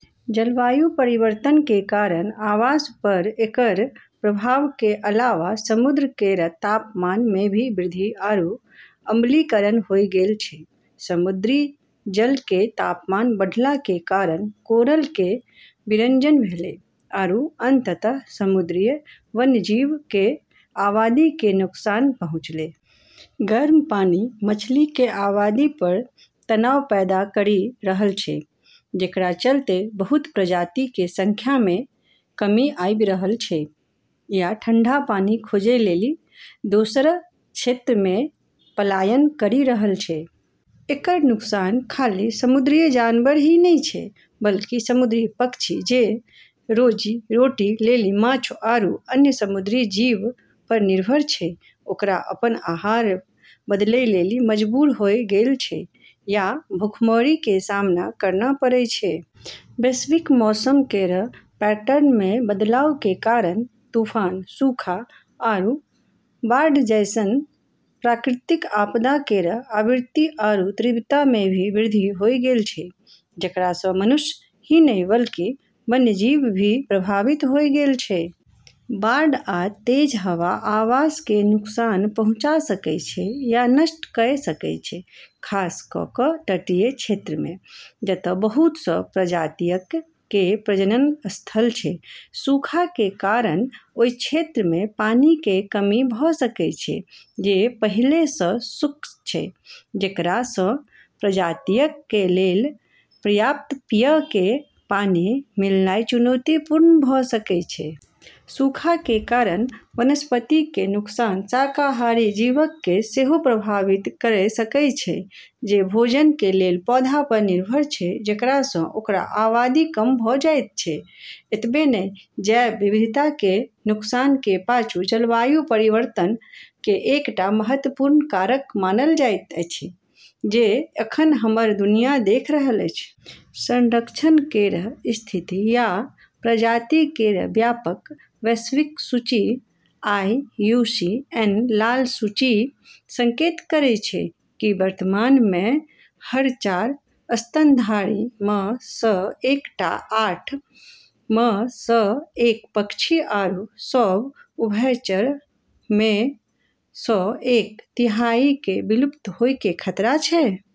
जलवायु परिवर्तन के कारण आवास पर एकरऽ प्रभाव के अलावा समुद्र केरऽ तापमान म॑ भी वृद्धि आरू अम्लीकरण होय गेलऽ छै। समुद्री जल के तापमान बढ़ला के कारण कोरल के विरंजन भेलै आरू अंततः समुद्री वन्यजीव के आबादी के नुकसान पहुँचलै। गर्म पानी मछली के आबादी पर तनाव पैदा करी रहलऽ छै, जेकरा चलतें बहुत प्रजाति के संख्या म॑ कमी आबी रहलऽ छै या ठंडा पानी खोजै लेली दोसरऽ क्षेत्रऽ म॑ पलायन करी रहलऽ छै। एकरऽ नुकसान खाली समुद्री जानवर ही नै छै, बल्कि समुद्री पक्षी जे रोजी-रोटी लेली माछ आरू अन्य समुद्री जीवऽ प॑ निर्भर छै, ओकरा अपनऽ आहार बदलै लेली मजबूर होय गेलऽ छै या भूखमरी के सामना करना पड़॑ छै। वैश्विक मौसम केरऽ पैटर्न म॑ बदलाव के कारण तूफान, सूखा, आरू बाढ़ जैसनऽ प्राकृतिक आपदा केरऽ आवृत्ति आरू तीव्रता म॑ भी वृद्धि होय गेलऽ छै, जेकरा स॑ मनुष्य ही नै बल्कि वन्यजीव भी प्रभावित होय गेलऽ छै। बाढ़ आ तेज हवा आवास कें नुकसान पहुंचा सकएय छै या नष्ट कयर सकएय छै, खासकर तटीय क्षेत्रक मे, जत बहुत सं प्रजातियक कें प्रजनन स्थल छै. सूखा कें कारण ओय क्षेत्रक मे पानी कें कमी भ सकय छै जे पइहले सं शुष्क छै, जेकरा सं प्रजातियक कें लेल पर्याप्त पीवय कें पानी मिलनाय चुनौतीपूर्ण भ सकय छै. सूखा कें कारण वनस्पति कें नुकसान शाकाहारी जीवक कें सेहो प्रभावित कयर सकय छै, जे भोजन कें लेल पौधाक पर निर्भर छै, जेकरा सं ओकर आबादी कम भ जायत छै. एतबे नै, जैव विविधता के नुकसान के पाछु जलवायु परिवर्तन के एकटा महत्वपूर्ण कारक मानल जाइत अछि जे एखन हमर दुनिया देख रहल अछि। संरक्षण केरऽ स्थिति या प्रजाति केरऽ व्यापक वैश्विक सूची आईयूसीएन लाल सूची संकेत करै छै कि, वर्तमान म॑ हर चार स्तनधारी म॑ स॑ एक, आठ म॑ स॑ एक पक्षी आरू सब उभयचरऽ म॑ स॑ एक तिहाई क॑ विलुप्त होय के खतरा छै।